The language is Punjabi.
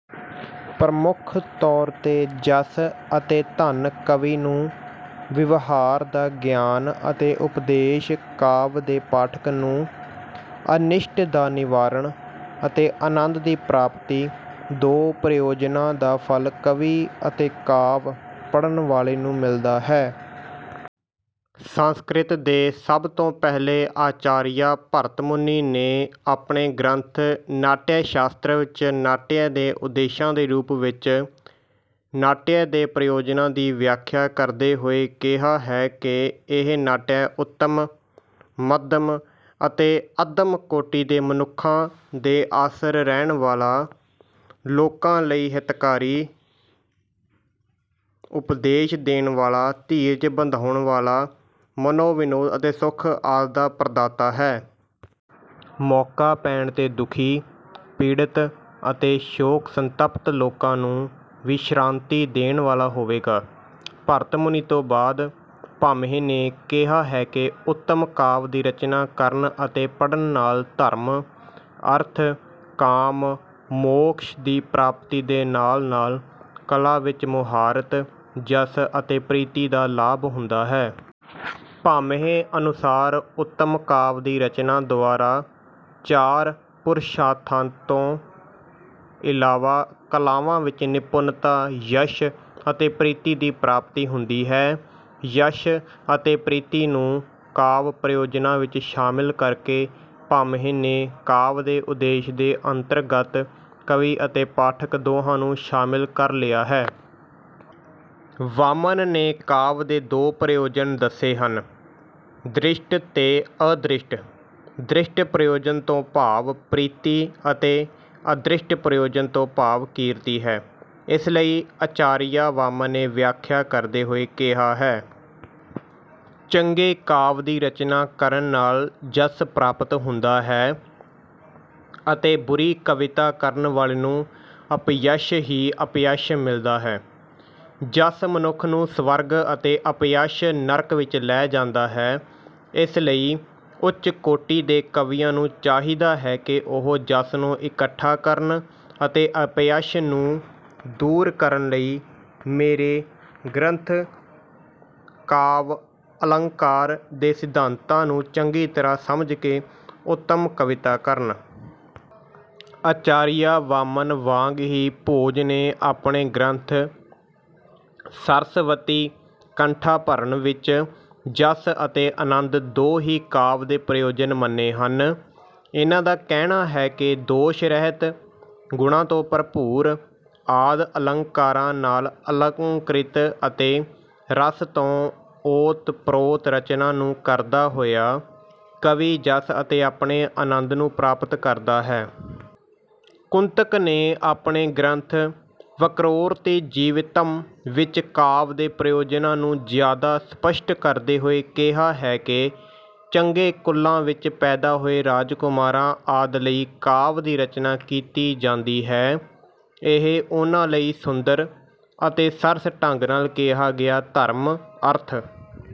ਪ੍ਰਮੁੱਖ ਤੌਰ ਤੇ ਜਸ ਅਤੇ ਧਨ ਕਵੀ ਨੂੰ, ਵਿਵਹਾਰ ਦਾ ਗਿਆਨ ਅਤੇ ਉਪਦੇਸ਼ ਕਾਵਿ ਦੇ ਪਾਠਕ ਨੂੰ, ਅਨਿਸ਼ਟ ਦਾ ਨਿਵਾਰਣ ਅਤੇ ਆਨੰਦ ਦੀ ਪ੍ਰਾਪਤੀ ਦੋ ਪ੍ਰਯੋਜਨਾਂ ਦਾ ਫ਼ਲ ਕਵੀ ਅਤੇ ਕਾਵਿ ਪੜ੍ਹਨ ਵਾਲੇ ਨੂੰ ਮਿਲਦਾ ਹੈ। ਸੰਸਕ੍ਰਿਤ ਦੇ ਸਭ ਤੋਂ ਪਹਿਲੇ ਆਚਾਰੀਆ ਭਰਤਮੁਨੀ ਨੇ ਆਪਣੇ ਗ੍ਰੰਥ ਨਾਟਯਸ਼ਾਸਤਰ ਚ ਨਾਟਯ ਦੇ ਉਦੇਸ਼ਾਂ ਦੇ ਰੂਪ ਵਿੱਚ ਨਾਟਯ ਦੇ ਪ੍ਰਯੋਜਨਾਂ ਦੀ ਵਿਆਖਿਆ ਕਰਦੇ ਹੋਏ ਕਿਹਾ ਹੈ ਕਿ ਇਹ ਨਾਟਯ ਉੱਤਮ, ਮੱਧਮ ਅਤੇ ਅੱਧਮ ਕੋਟੀ ਦੇ ਮਨੁੱਖਾਂ ਦੇ ਆਸਰੇ ਰਹਿਣ ਵਾਲਾ, ਲੋਕਾਂ ਲਈ ਹਿਤਕਾਰੀ ਉਪਦੇਸ਼ ਦੇਣ ਵਾਲਾ, ਧੀਰਜ ਬੰਧਾਉਣ ਵਾਲਾ, ਮਨੋਵਿਨੋਦ ਅਤੇ ਸੁਖ ਆਦਿ ਦਾ ਪ੍ਰਦਾਤਾ ਹੈ। ਮੌਕਾ ਪੈਣ ਤੇ ਦੁਖੀ, ਪੀੜ੍ਹਿਤ ਅਤੇ ਸ਼ੋਕਸੰਤਪਤ ਲੋਕਾਂ ਨੂੰ ਵਿਸ਼੍ਰਾਂਤੀ ਦੇਣ ਵਾਲਾ ਹੋਵੇਗਾ। ਭਰਤਮੁਨੀ ਤੋਂ ਬਾਅਦ, ਭਾਮਹ ਨੇ ਕਿਹਾ ਹੈ ਕਿ ਉੱਤਮ ਕਾਵਿ ਦੀ ਰਚਨਾ ਕਰਨ ਅਤੇ ਪੜ੍ਹਨ ਨਾਲ ਧਰਮ, ਅਰਥ, ਕਾਮ, ਮੋਕ੍ਸ਼ ਦੀ ਪ੍ਰਾਪਤੀ ਦੇ ਨਾਲ- ਨਾਲ ਕਲਾ ਵਿੱਚ ਮੁਹਾਰਤ, ਜਸ ਅਤੇ ਪ੍ਰੀਤੀ ਦਾ ਲਾਭ ਹੁੰਦਾ ਹੈ। ਭਾਮਹ ਅਨੁਸਾਰ ਉੱਤਮ ਕਾਵਿ ਦੀ ਰਚਨਾ ਦੁਆਰਾ ਚਾਰ ਪੁਰਸ਼ਾਰਥਾਂਤੋਂ ਇਲਾਵਾ ਕਲਾਵਾਂ ਵਿੱਚ ਨਿਪੁੰਨਤਾ ਯਸ਼ ਅਤੇ ਪ੍ਰੀਤੀ ਦੀ ਪ੍ਰਾਪਤੀ ਹੁੰਦੀ ਹੈ। ਯਸ਼ ਅਤੇ ਪ੍ਰੀਤੀ ਨੂੰ ਕਾਵਿ ਪ੍ਰਯੋਜਨਾਂ ਵਿੱਚ ਸ਼ਾਮਿਲ ਕਰਕੇ ਭਾਮਹ ਨੇ ਕਾਵਿ ਦੇ ਉਦੇਸ਼ ਦੇ ਅੰਤਰਗਤ ਕਵੀ ਅਤੇ ਪਾਠਕ ਦੋਹਾਂ ਨੂੰ ਸ਼ਾਮਿਲ ਕਰ ਲਿਆ ਹੈ। ਵਾਮਨ ਨੇ ਕਾਵਿ ਦੇ ਦੋ ਪ੍ਰਯੋਜਨ ਦੱਸੇ ਹਨ, ਦ੍ਰਿਸ਼ਟ ਤੇ ਅਦ੍ਰਿਸ਼ਟ। ਦ੍ਰਿਸ਼ਟ ਪ੍ਰਯੋਜਨ ਤੋਂ ਭਾਵ ਪ੍ਰੀਤੀ ਅਤੇ ਅਦ੍ਰਿਸ਼ਟ ਪ੍ਰਯੋਜਨ ਤੋਂ ਭਾਵ ਕੀਰਤੀ ਹੈ। ਇਸ ਲਈ ਆਚਾਰੀਆ ਵਾਮਨ ਨੇ ਵਿਆਖਿਆ ਕਰਦੇ ਹੋਏ ਕਿਹਾ ਹੈ। ਚੰਗੇ ਕਾਵਿ ਦੀ ਰਚਨਾ ਕਰਨ ਨਾਲ ਜਸ ਪ੍ਰਾਪਤ ਹੁੰਦਾ ਹੈ ਅਤੇ ਬੁਰੀ ਕਵਿਤਾ ਕਰਨ ਵਾਲੇ ਨੂੰ ਅਪਯਸ਼ ਹੀ ਅਪਯਸ਼ ਮਿਲਦਾ ਹੈ। ਜਸ ਮਨੁੱਖ ਨੂੰ ਸਵਰਗ ਅਤੇ ਅਪਯਸ਼ ਨਰਕ ਵਿੱਚ ਲੈ ਜਾਂਦਾ ਹੈ। ਇਸ ਲਈ ਉੱਚ ਕੋਟੀ ਦੇ ਕਵੀਆਂ ਨੂੰ ਚਾਹੀਦਾ ਹੈ ਕਿ ਉਹ ਜਸ ਨੂੰ ਇੱਕਠਾ ਕਰਨ ਅਤੇ ਅਪਯਸ਼ ਨੂੰ ਦੂਰ ਕਰਨ ਲਈ ਮੇਰੇ ਗ੍ਰੰਥ ਕਾਵਿਅਲੰਕਾਰ ਦੇ ਸਿਧਾਂਤਾਂ ਨੂੰ ਚੰਗੀ ਤਰ੍ਹਾਂ ਸਮਝ ਕੇ ਉੱਤਮ ਕਵਿਤਾ ਕਰਨ। ਆਚਾਰੀਆ ਵਾਮਨ ਵਾਂਗ ਹੀ ਭੋਜ ਨੇ ਆਪਣੇ ਗ੍ਰੰਥ ਸਰਸਵਤੀਕੰਠਾਭਰਣ ਵਿੱਚ ਜਸ ਅਤੇ ਆਨੰਦ ਦੋ ਹੀ ਕਾਵਿ ਦੇ ਪ੍ਰਯੋਜਨ ਮੰਨੇ ਹਨ। ਇਹਨਾਂ ਦਾ ਕਹਿਣਾ ਹੈ ਕਿ ਦੋਸ਼-ਰਹਿਤ, ਗੁਣਾਂ ਤੋਂ ਭਰਪੂਰ ਆਦਿ ਅਲੰਕਾਰਾਂ ਨਾਲ ਅਲੰਕ੍ਰਿਤ ਅਤੇ ਰਸ ਤੋਂ ਓਤਪ੍ਰੋਤ ਰਚਨਾ ਨੂੰ ਕਰਦਾ ਹੋਇਆ ਕਵੀ ਜਸ ਅਤੇ ਆਪਣੇ ਆਨੰਦ ਨੂੰ ਪ੍ਰਾਪਤ ਕਰਦਾ ਹੈ। ਕੁੰਤਕ ਨੇ ਆਪਣੇ ਗ੍ਰੰਥ ਵਕ੍ਰੋਕਤੀਜੀਵਿਤਮ੍ ਵਿੱਚ ਕਾਵਿ ਦੇ ਪ੍ਰਯੋਜਨਾਂ ਨੂੰ ਜਿਆਦਾ ਸਪੱਸ਼ਟ ਕਰਦੇ ਹੋਏ ਕਿਹਾ ਹੈ ਕਿ ਚੰਗੇ ਕੁਲਾਂ ਚ ਪੈਦਾ ਹੋਏ ਰਾਜਕੁਮਾਰਾਂ ਆਦਿ ਲਈ ਕਾਵਿ ਦੀ ਰਚਨਾ ਕੀਤੀ ਜਾਂਦੀ ਹੈ। ਇਹ ਉਹਨਾਂ ਲਈ ਸੁੰਦਰ ਅਤੇ ਸਰਸ ਢੰਗ ਨਾਲ ਕਿਹਾ ਗਿਆ ਧਰਮ, ਅਰਥ।